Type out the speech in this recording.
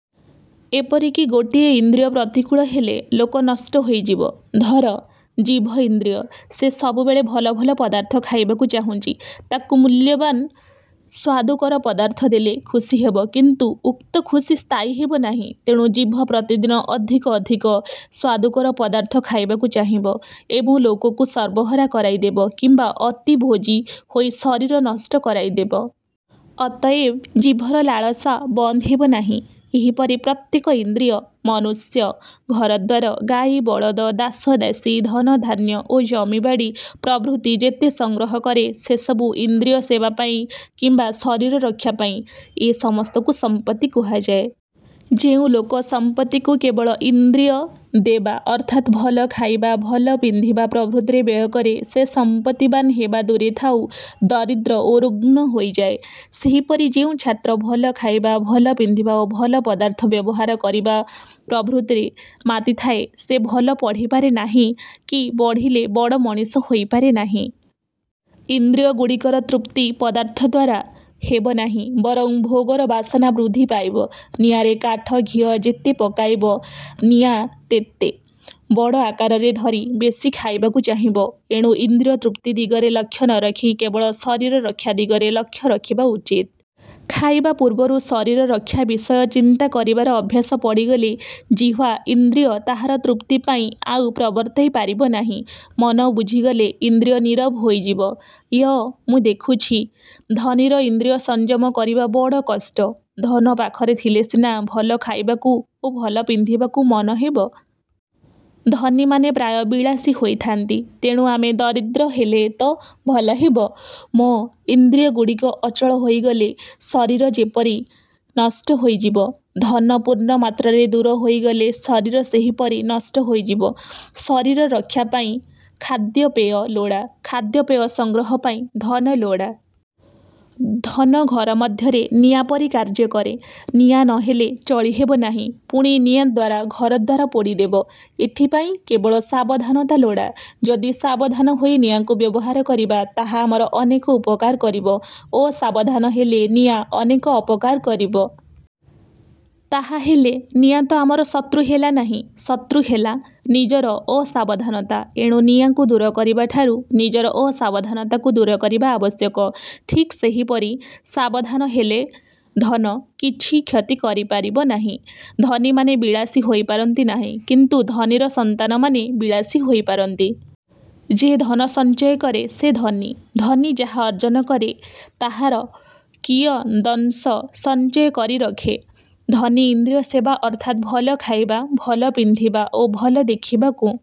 ଏପରିକି ଗୋଟିଏ ଇନ୍ଦ୍ରିୟ ପ୍ରତିକୂଳ ହେଲେ, ଲୋକ ନଷ୍ଟ ହୋଇଯିବ। ଧର, ଜିଭ ଇନ୍ଦ୍ରିୟ। ସେ ସବୁବେଳେ ଭଲ ଭଲ ପଦାର୍ଥ ଖାଇବାକୁ ଚାହୁଁଛି। ତାକୁ ମୂଲ୍ୟବାନ୍ ସ୍ୱାଦୁକର ପଦାର୍ଥ ଦେଲେ ଖୁସି ହେବ କିନ୍ତୁ ଉକ୍ତ ଖୁସି ସ୍ଥାୟୀ ହେବ ନାହିଁ-। ତେଣୁ ଜିଭ ପ୍ରତିଦିନ ଅଧିକ ଅଧିକ ସ୍ଵାଦୁକର ପଦାର୍ଥ ଖାଇବାକୁ ଚାହିଁବ ଏବଂ ଲୋକକୁ ସର୍ବହରା କରାଇଦେବ କିମ୍ବା ଅତିଭୋଜୀ ହୋଇ ଶରୀର ନଷ୍ଟ କରାଇଦେବ। ଅତଏବ ଜିଭର ଲାଳସା ବନ୍ଦ ହେବ ନାହିଁ। ଏହିପରି ପ୍ରତ୍ୟେକ ଇନ୍ଦ୍ରିୟ। ମନୁଷ୍ୟ ଘରଦ୍ଵାର, ଗାଈ, ବଳଦ, ଦାସ ଦାସୀ, ଧନ ଧାନ୍ୟ ଓ ଜମିବାଡ଼ି ପ୍ରଭୃତି ଯେତେ ସଂଗ୍ରହ କରେ ସେସବୁ ଇନ୍ଦ୍ରିୟ ସେବା ପାଇଁ କିମ୍ବା ଶରୀର ରକ୍ଷା ପାଇଁ। ଏ ସମସ୍ତକୁ ସମ୍ପତ୍ତି କୁହାଯାଏ। ଯେଉଁ ଲୋକ ସମ୍ପତ୍ତିକୁ କେବଳ ଇନ୍ଦ୍ରିୟ ଦେବା ଅର୍ଥାତ୍ ଭଲ ଖାଇବା, ଭଲ ପିନ୍ଧିବା ପ୍ରଭୃତିରେ ବ୍ୟୟ କରେ ସେ ସମ୍ପତ୍ତିବାନ୍ ହେବା ଦୂରେ ଥାଉ ଦରିଦ୍ର ଓ ରୁଗ୍ଣ ହୋଇଯାଏ-। ସେହିପରି ଯେଉଁ ଛାତ୍ର ଭଲ ଖାଇବା, ଭଲ ପିନ୍ଧିବା ଓ ଭଲ ପଦାର୍ଥ ବ୍ୟବହାର କରିବା ପ୍ରଭୃତିରେ ମାତିଥାଏ; ସେ ଭଲ ପଢ଼ିପାରେ ନାହିଁ କି ବଢ଼ିଲେ ବଡ଼ ମଣିଷ ହୋଇପାରେ ନାହିଁ-। ଇନ୍ଦ୍ରିୟଗୁଡ଼ିକର ତୃପ୍ତି ପଦାର୍ଥ ଦ୍ଵାରା ହେବ ନାହିଁ, ବରଂ ଭୋଗର ବାସନା ବୃଦ୍ଧି ପାଇବ-। ନିଆଁରେ କାଠ, ଘିଅ ଯେତେ ପକାଇବ ନିଆଁ ତେତେ। ବଡ଼ ଆକାରର ଧରି ବେଶୀ ଖାଇବାକୁ ଚାହିଁବ। ଏଣୁ ଇନ୍ଦ୍ରିୟ ତୃପ୍ତି ଦିଗରେ ଲକ୍ଷ୍ୟ ନ ରଖି କେବଳ ଶରୀର ରକ୍ଷା ଦିଗରେ ଲକ୍ଷ୍ୟ ରଖିବା ଉଚିତ। ଖାଇବା ପୂର୍ବରୁ ଶରୀର ରକ୍ଷା ବିଷୟ ଚିନ୍ତା କରିବାର ଅଭ୍ୟାସ ପଡ଼ିଗଲେ ଜିହ୍ଵା ଇନ୍ଦ୍ରିୟ ତାହାର ତୃପ୍ତି ପାଇଁ ଆଉ ପ୍ରବର୍ତ୍ତାଇ ପାରିବ ନାହିଁ। ମନ ବୁଝିଗଲେ ଇନ୍ଦ୍ରିୟ ନୀରବ ହୋଇଯିବ-। ୟ-ମୁଁ ଦେଖୁଛି, ଧନୀର ଇନ୍ଦ୍ରିୟ ସଂଯମ କରିବା ବଡ଼ କଷ୍ଟ। ଧନ ପାଖରେ ଥିଲେ ସିନା ଭଲ ଖାଇବାକୁ ଓ ଭଲ ପିନ୍ଧିବାକୁ ମନ ହେବ। ଧନୀମାନେ ପ୍ରାୟ ବିଳାସୀ ହୋଇଥାନ୍ତି। ତେଣୁ ଆମେ ଦରିଦ୍ର ହେଲେ ତ ଭଲ ହେବ? ମ-ଇନ୍ଦ୍ରିୟଗୁଡ଼ିକ ଅଚଳ ହୋଇଗଲେ ଶରୀର ଯେପରି ନଷ୍ଟ ହୋଇଯିବ, ଧନ ପୂର୍ଣ୍ଣ ମାତ୍ରାରେ ଦୂର ହୋଇଗଲେ ଶରୀର ସେହିପରି ନଷ୍ଟ ହୋଇଯିବ। ଶରୀର ରକ୍ଷା ପାଇଁ ଖାଦ୍ୟପେୟ ଲୋଡ଼ା, ଖାଦ୍ୟପେୟ ସଂଗ୍ରହ ପାଇଁ ଧନ ଲୋଡ଼ା। ଧନ ଘର ମଧ୍ୟରେ ନିଆଁ ପରି କାର୍ଯ୍ୟ କରେ। ନିଆଁ ନ ହେଲେ ଚଳିହେବ ନାହିଁ, ପୁଣି ନିଆଁ ଘରଦ୍ଵାର ପୋଡ଼ିଦେବ। ଏଥିପାଇଁ କେବଳ ସାବଧାନତା ଲୋଡ଼ା। ଯଦି ସାବଧାନ ହୋଇ ନିଆଁକୁ ବ୍ୟବହାର କରିବା, ତାହା ଆମର ଅନେକ ଉପକାର କରିବ। ଅସାବଧାନ ହେଲେ ନିଆଁ ଅନେକ ଅପକାର କରିବ। ତାହାହେଲେ ନିଆଁତ ଆମର ଶତ୍ରୁ ହେଲା ନାହିଁ, ଶତ୍ରୁ ହେଲା ନିଜର ଅସାବଧାନତା। ଏଣୁ ନିଆଁକୁ ଦୂର କରିବା ଠାରୁ ନିଜର ଅସାବଧାନତାକୁ ଦୂର କରିବା ଆବଶ୍ୟକ। ଠିକ୍ ସେହିପରି ସାବଧାନ ହେଲେ ଧନ କିଛି କ୍ଷତି କରିପାରିବ ନାହିଁ। ଧନୀମାନେ ବିଳାସୀ ହୋଇପାରନ୍ତି ନାହିଁ କିନ୍ତୁ ଧନୀର ସନ୍ତାନମାନେ ବିଳାସୀ ହୋଇପାରନ୍ତି। ଯେ ଧନ ସଞ୍ଚୟ କରେ ସେ ଧନୀ। ଧନୀ ଯାହା ଅର୍ଜନ କରେ ତାହାର କିୟଦଂଶ ସଞ୍ଚୟ କରି ରଖେ। ଧନୀ ଇନ୍ଦ୍ରିୟ ସେବା ଅର୍ଥାତ୍ ଭଲ ଖାଇବା, ଭଲ ପିନ୍ଧିବା ଓ ଭଲ ଦେଖିବାକୁ